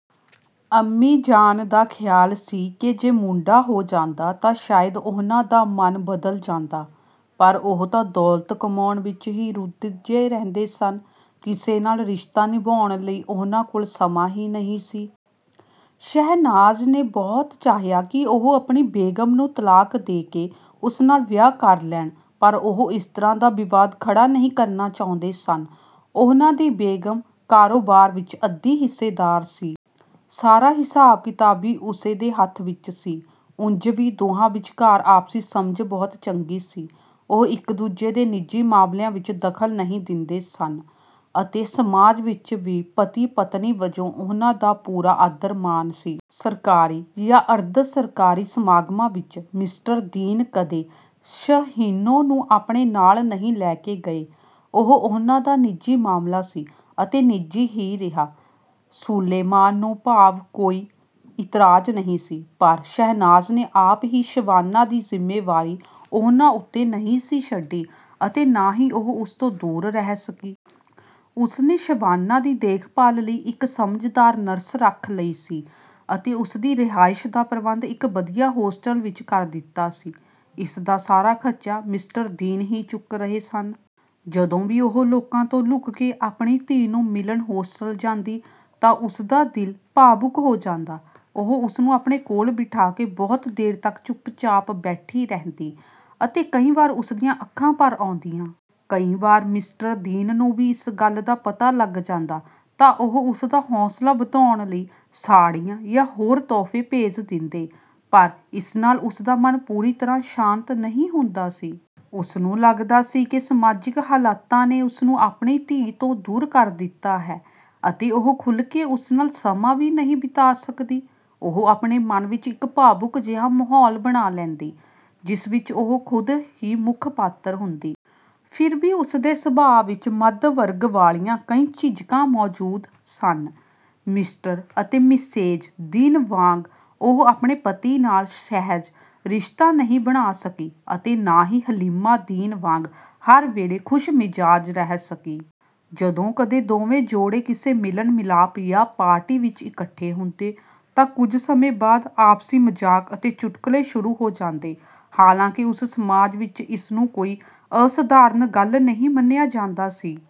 ਅੰਮੀ ਜਾਨ ਦਾ ਖ਼ਿਆਲ ਸੀ ਕਿ ਜੇ ਮੁੰਡਾ ਹੋ ਜਾਂਦਾ, ਤਾਂ ਸ਼ਾਇਦ ਉਹਨਾਂ ਦਾ ਮਨ ਬਦਲ ਜਾਂਦਾ। ਪਰ ਉਹ ਤਾਂ ਦੌਲਤ ਕਮਾਉਣ ਵਿੱਚ ਹੀ ਰੁੱਝੇ ਰਹਿੰਦੇ ਸਨ। ਕਿਸੇ ਨਾਲ ਰਿਸ਼ਤਾ ਨਿਭਾਉਣ ਲਈ ਉਹਨਾਂ ਕੋਲ ਸਮਾਂ ਹੀ ਨਹੀਂ ਸੀ। ਸ਼ਹਿਨਾਜ਼ ਨੇ ਬਹੁਤ ਚਾਹਿਆ ਕਿ ਉਹ ਆਪਣੀ ਬੇਗ਼ਮ ਨੂੰ ਤਲਾਕ ਦੇ ਕੇ ਉਸ ਨਾਲ ਵਿਆਹ ਕਰ ਲੈਣ, ਪਰ ਉਹ ਇਸ ਤਰ੍ਹਾਂ ਦਾ ਵਿਵਾਦ ਖੜ੍ਹਾ ਨਹੀਂ ਕਰਨਾ ਚਾਹੁੰਦੇ ਸਨ। ਉਹਨਾਂ ਦੀ ਬੇਗ਼ਮ ਕਾਰੋਬਾਰ ਵਿੱਚ ਅੱਧੀ ਹਿੱਸੇਦਾਰ ਸੀ। ਸਾਰਾ ਹਿਸਾਬ-ਕਿਤਾਬ ਵੀ ਉਸੇ ਦੇ ਹੱਥ ਵਿੱਚ ਸੀ। ਉਂਝ ਵੀ ਦੋਹਾਂ ਵਿਚਕਾਰ ਆਪਸੀ ਸਮਝ ਬਹੁਤ ਚੰਗੀ ਸੀ। ਉਹ ਇੱਕ-ਦੂਜੇ ਦੇ ਨਿੱਜੀ ਮਾਮਲਿਆਂ ਵਿੱਚ ਦਖ਼ਲ ਨਹੀਂ ਦਿੰਦੇ ਸਨ ਅਤੇ ਸਮਾਜ ਵਿੱਚ ਵੀ ਪਤੀ-ਪਤਨੀ ਵਜੋਂ ਉਹਨਾਂ ਦਾ ਪੂਰਾ ਆਦਰ-ਮਾਣ ਸੀ। ਸਰਕਾਰੀ ਜਾਂ ਅਰਧ-ਸਰਕਾਰੀ ਸਮਾਗਮਾਂ ਵਿੱਚ ਮਿਸਟਰ ਦੀਨ ਕਦੇ ਸ਼ਹੀਨੋ ਨੂੰ ਆਪਣੇ ਨਾਲ ਨਹੀਂ ਲੈ ਕੇ ਗਏ। ਉਹ ਉਹਨਾਂ ਦਾ ਨਿੱਜੀ ਮਾਮਲਾ ਸੀ ਅਤੇ ਨਿੱਜੀ ਹੀ ਰਿਹਾ। ਸੁਲੇਮਾਨ ਨੂੰ ਭਾਵੇਂ ਕੋਈ ਇਤਰਾਜ਼ ਨਹੀਂ ਸੀ, ਪਰ ਸ਼ਹਿਨਾਜ਼ ਨੇ ਆਪ ਹੀ ਸ਼ਬਾਨਾ ਦੀ ਜ਼ਿੰਮੇਵਾਰੀ ਉਹਨਾਂ ਉੱਤੇ ਨਹੀਂ ਸੀ ਛੱਡੀ ਅਤੇ ਨਾ ਹੀ ਉਹ ਉਸ ਤੋਂ ਦੂਰ ਰਹਿ ਸਕੀ। ਉਸਨੇ ਸ਼ਬਾਨਾ ਦੀ ਦੇਖਭਾਲ ਲਈ ਇੱਕ ਸਮਝਦਾਰ ਨਰਸ ਰੱਖ ਲਈ ਸੀ ਅਤੇ ਉਸਦੀ ਰਿਹਾਇਸ਼ ਦਾ ਪ੍ਰਬੰਧ ਇੱਕ ਵਧੀਆ ਹੋਸਟਲ ਵਿੱਚ ਕਰ ਦਿੱਤਾ ਸੀ। ਇਸ ਦਾ ਸਾਰਾ ਖਰਚਾ ਮਿਸਟਰ ਦੀਨ ਹੀ ਚੁੱਕ ਰਹੇ ਸਨ। ਜਦੋਂ ਵੀ ਉਹ ਲੋਕਾਂ ਤੋਂ ਲੁਕ ਕੇ ਆਪਣੀ ਧੀ ਨੂੰ ਮਿਲਣ ਹੋਸਟਲ ਜਾਂਦੀ, ਤਾਂ ਉਸਦਾ ਦਿਲ ਭਾਵੁਕ ਹੋ ਜਾਂਦਾ। ਉਹ ਉਸਨੂੰ ਆਪਣੇ ਕੋਲ ਬਿਠਾ ਕੇ ਬਹੁਤ ਦੇਰ ਤੱਕ ਚੁੱਪਚਾਪ ਬੈਠੀ ਰਹਿੰਦੀ ਅਤੇ ਕਈ ਵਾਰ ਉਸਦੀਆਂ ਅੱਖਾਂ ਭਰ ਆਉਂਦੀਆਂ। ਕਈ ਵਾਰ ਮਿਸਟਰ ਦੀਨ ਨੂੰ ਵੀ ਇਸ ਗੱਲ ਦਾ ਪਤਾ ਲੱਗ ਜਾਂਦਾ, ਤਾਂ ਉਹ ਉਸਦਾ ਹੌਸਲਾ ਵਧਾਉਣ ਲਈ ਸਾੜ੍ਹੀਆਂ ਜਾਂ ਹੋਰ ਤੋਹਫ਼ੇ ਭੇਜ ਦਿੰਦੇ। ਪਰ ਇਸ ਨਾਲ ਉਸਦਾ ਮਨ ਪੂਰੀ ਤਰ੍ਹਾਂ ਸ਼ਾਂਤ ਨਹੀਂ ਹੁੰਦਾ ਸੀ। ਉਸਨੂੰ ਲੱਗਦਾ ਸੀ ਕਿ ਸਮਾਜਕ ਹਾਲਾਤਾਂ ਨੇ ਉਸਨੂੰ ਆਪਣੀ ਧੀ ਤੋਂ ਦੂਰ ਕਰ ਦਿੱਤਾ ਹੈ ਅਤੇ ਉਹ ਖੁੱਲ੍ਹ ਕੇ ਉਸ ਨਾਲ ਸਮਾਂ ਵੀ ਨਹੀਂ ਬਿਤਾ ਸਕਦੀ। ਉਹ ਆਪਣੇ ਮਨ ਵਿੱਚ ਇੱਕ ਭਾਵੁਕ ਜਿਹਾ ਮਾਹੌਲ ਬਣਾ ਲੈਂਦੀ, ਜਿਸ ਵਿੱਚ ਉਹ ਖੁਦ ਹੀ ਮੁੱਖ ਪਾਤਰ ਹੁੰਦੀ। ਫਿਰ ਵੀ ਉਸਦੇ ਸੁਭਾਅ ਵਿੱਚ ਮੱਧ ਵਰਗ ਵਾਲੀਆਂ ਕਈ ਝਿਝਕਾਂ ਮੌਜੂਦ ਸਨ। ਮਿਸਟਰ ਅਤੇ ਮਿਸੇਜ ਦੀਨ ਵਾਂਗ ਉਹ ਆਪਣੇ ਪਤੀ ਨਾਲ ਸਹਿਜ ਰਿਸ਼ਤਾ ਨਹੀਂ ਬਣਾ ਸਕੀ ਅਤੇ ਨਾ ਹੀ ਹਲੀਮਾ ਦੀਨ ਵਾਂਗ ਹਰ ਵੇਲੇ ਖੁਸ਼ਮਿਜ਼ਾਜ ਰਹਿ ਸਕੀ। ਜਦੋਂ ਕਦੇ ਦੋਵੇਂ ਜੋੜੇ ਕਿਸੇ ਮਿਲਣ-ਮਿਲਾਪ ਜਾਂ ਪਾਰਟੀ ਵਿੱਚ ਇਕੱਠੇ ਹੁੰਦੇ, ਤਾਂ ਕੁਝ ਸਮੇਂ ਬਾਅਦ ਆਪਸੀ ਮਜ਼ਾਕ ਅਤੇ ਚੁਟਕਲੇ ਸ਼ੁਰੂ ਹੋ ਜਾਂਦੇ। ਹਾਲਾਂਕਿ ਉਸ ਸਮਾਜ ਵਿੱਚ ਇਸ ਨੂੰ ਕੋਈ ਅਸਧਾਰਨ ਗੱਲ ਨਹੀਂ ਮੰਨਿਆ ਜਾਂਦਾ ਸੀ।